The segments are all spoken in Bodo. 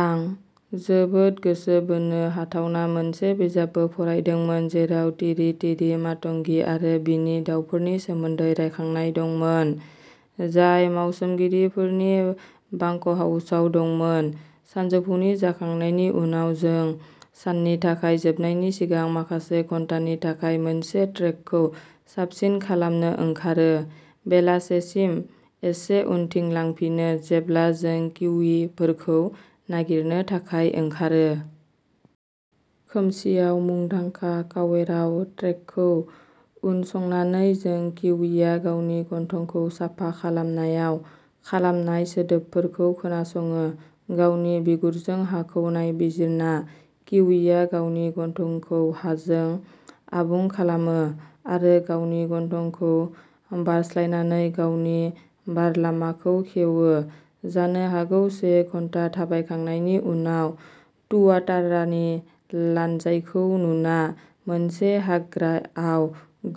आं जोबोद गोसो बोनो हाथाव मोनसे बिजाबबो फरायदोंमोन, जेराव तिरितिरि मातंगि आरो बिनि दाउफोरनि सोमोन्दै रायखांनाय दंमोन, जाय मावसोमगिरिफोरनि बांकहाउसाव दंमोन। सानजौफुनि जानायनि उनाव जों साननि थाखाय जोबनायनि सिगां माखासे घन्टानि थाखाय मोनसे ट्रेकखौ साबसिन खालामनो ओंखारो, बेलासिसिम एसे उनथिं लांफिनो, जेब्ला जों किवीफोरखौ नागिरनो थाखाय ओंखारो। खोमसिआव मुंदांखा कावेराव ट्रेकखौ उनसंनानै जों किवीया गावनि गन्थंखौ साफा खालामनायाव खालामनाय सोदोबफोरखौ खोनासङो। गावनि बिगुरजों हाखौ नायबिजिरना, किवीया गावनि गन्थंखौ हाजों आबुं खालामो, आरो गावनि गन्थंखौ बारस्लायनानै गावनि बारलामाखौ खेवो। जानो हागौ से घन्टा थाबायखांनायनि उनाव, तुआतारानि लानजायखौ नुना, मोनसे हाग्राआव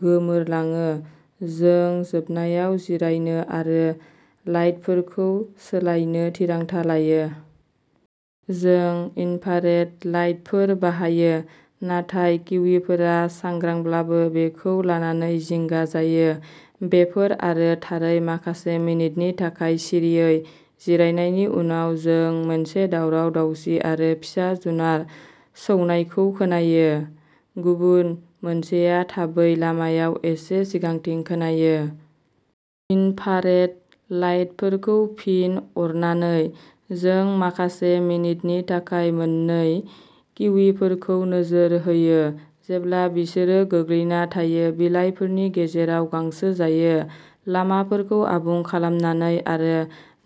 गोमोरलाङो, जों जोबनायाव जिरायनो आरो लाइटफोरखौ सोलायनो थिरांथा लायो। जों इन्फ्रारेड लाइटफोर बाहायो, नाथाय किवीफोरा सांग्रांब्लाबो बेखौ लानानै जिंगा जायो। बेफोर आरो थारै माखासे मिनिटनि थाखाय सिरियै जिरायनायनि उनाव जों मोनसे दावराव-दावसि आरो फिसा जुनार सौनायखौ खोनायो। गुबुन मोनसेआ थाबैनो लामायाव एसे सिगांथिं खोनायो। इनफ्रारेड लाइटफोरखौ फिन अरनानै, जों माखासे मिनिटनि थाखाय मोन्नै किवीफोरखौ नोजोर होयो जेब्ला बिसोरो गोग्लैना थानाय बिलाइफोरनि गेजेराव गांसो जायो। लामाफोरखौ आबुं खालामनानै आरो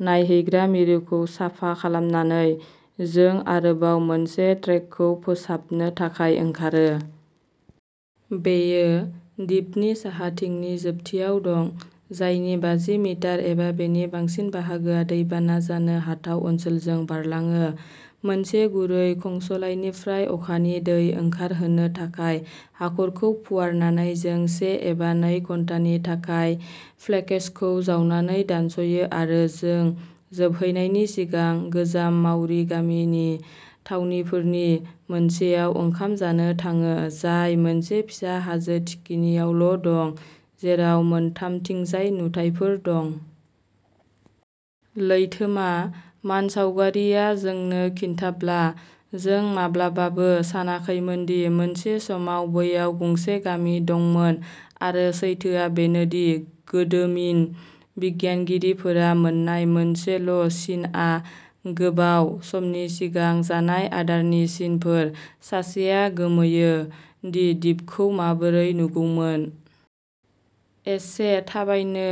नायहैग्रा मिरुखौ साफा खालामनानै, जों आरोबाव मोनसे ट्रेकखौ फोसाबनो थाखाय ओंखारो। बेयो दिपनि साहाथिंनि जोबथियाव दं, जायनि बाजि मिटार एबा बेनि बांसिन बाहागोआ दैबाना जानो हाथाव ओनसोलजों बारलाङो। मोनसे गुरै खंस्लायनिफ्राय अखानि दै ओंखारहोनो थाखाय हाखरखौ फुवारनानै जों से एबा नै घन्टानि थाखाय फ्लेक्सखौ जावनानै दानस'यो आरो जों जोबहैनायनि सिगां गोजाम माव'रि गामिनि थावनिफोरनि मोनसेयाव ओंखाम जानो थाङो, जाय मोनसे फिसा हाजोनि थिखिनियावल' दं, जेराव मोनथामथिंजाय नुथायफोर दं। लैथोमा। मानसावगारिआ जोंनो खिन्थाब्ला, जों माब्लाबाबो सानाखैमोनदि मोनसे समाव बैयाव गंसे गामि दंमोन आरो सैथोआ बेनो दि गोदोमिन बिगियानगिरिफोरा मोन्नाय मोनसेल'सिनआ गोबाव समनि सिगां जानाय आदारनि सिनफोर। सासेआ गोमोयो दि दिपखौ माबोरै नुगौमोन। एसे थाबायनो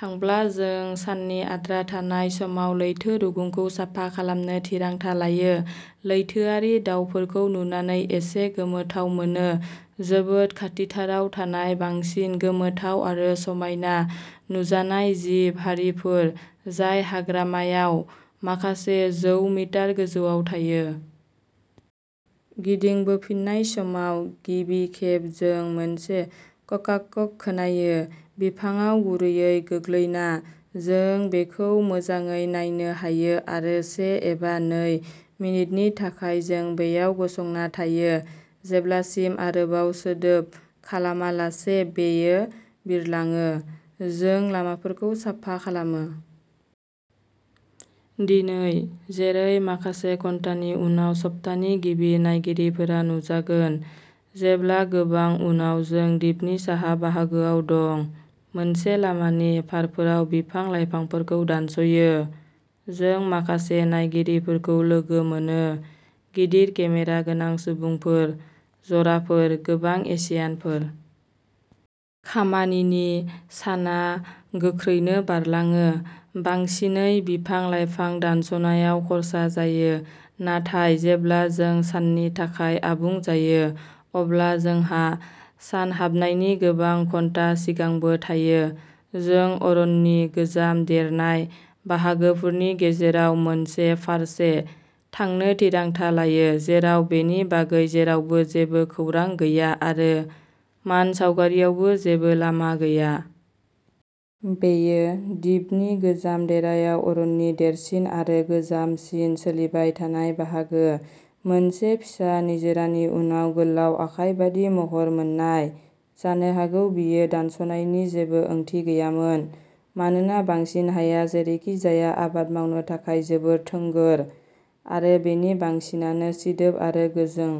थांब्ला जों साननि आद्रा थानाय समाव लैथो रुगुंखौ साफा खालामनो थिरांथा लायो। लैथोआरि दावफोरखौ नुनानै एसे गोमोथाव मोनो, जोबोद खाथिथाराव थानाय बांसिन गोमोथाव आरो समायना नुजानाय जिब हारिफोर जाय हाग्रायाव माखासे जौ मिटार गोजौआव थायो। गिदिंबोफिननाय समाव, गिबि खेब जों मोनसे ककाक'खोनायो। बिफांआव गुरैयै गोग्लैना, जों बेखौ मोजाङै नायनो हायो आरो से एबा नै मिनिटनि थाखाय जों बैयाव गसंना थायो, जेब्लासिम-आरोबाव सोदोब खालामालासे-बेयो बिरलाङो। जों लामाफोरखौ साफा खालामो। दिनै, जेरै माखासे घन्टानि उनाव सप्तानि गिबि नायगिरिफोरा नुजागोन। जेब्ला गोबां उनाव जों दिपनि साहा बाहागोआव दं, मोनसे लामानि फारफोराव बिफां-लाइफांफोरखौ दानस'यो, जों माखासे नायगिरिफोरखौ लोगो मोनो। गिदिर केमेरा गोनां सुबुंफोर। जराफोर। गोबां एशियानफोर। खामानिनि साना गोख्रैनो बारलाङो, बांसिनै बिफां-लाइफां दानस'नायाव खर्सा जायो, नाथाय जेब्ला जों साननि थाखाय आबुं जायो, अब्ला जोंहा सानहाबनायनि गोबां घन्टा सिगांबो थायो। जों अरननि गोजाम देरनाय बाहागोफोरनि गेजेराव मोनसे फारसे थांनो थिरांथा लायो, जेराव बेनि बागै जेरावबो जेबो खौरां गैया आरो मानसावगारियाव जेबो लामा गैया। बेयो दिपनि गोजाम देरनाय अरननि देरसिन आरो गोजानसिन सोलिबाय थानाय बाहागो, मोनसे फिसा निजोरानि उनाव गोलाव आखाइ बायदि महर मोननाय। जानो हागौ बेयो दानस'नायनि जेबो ओंथि गैयामोन, मानोना बांसिन हाया जेरैखिजाया आबाद मावनो थाखाय जोबोद थोंगोर आरो बेनि बांसिनानो सिदोब आरो गोजों।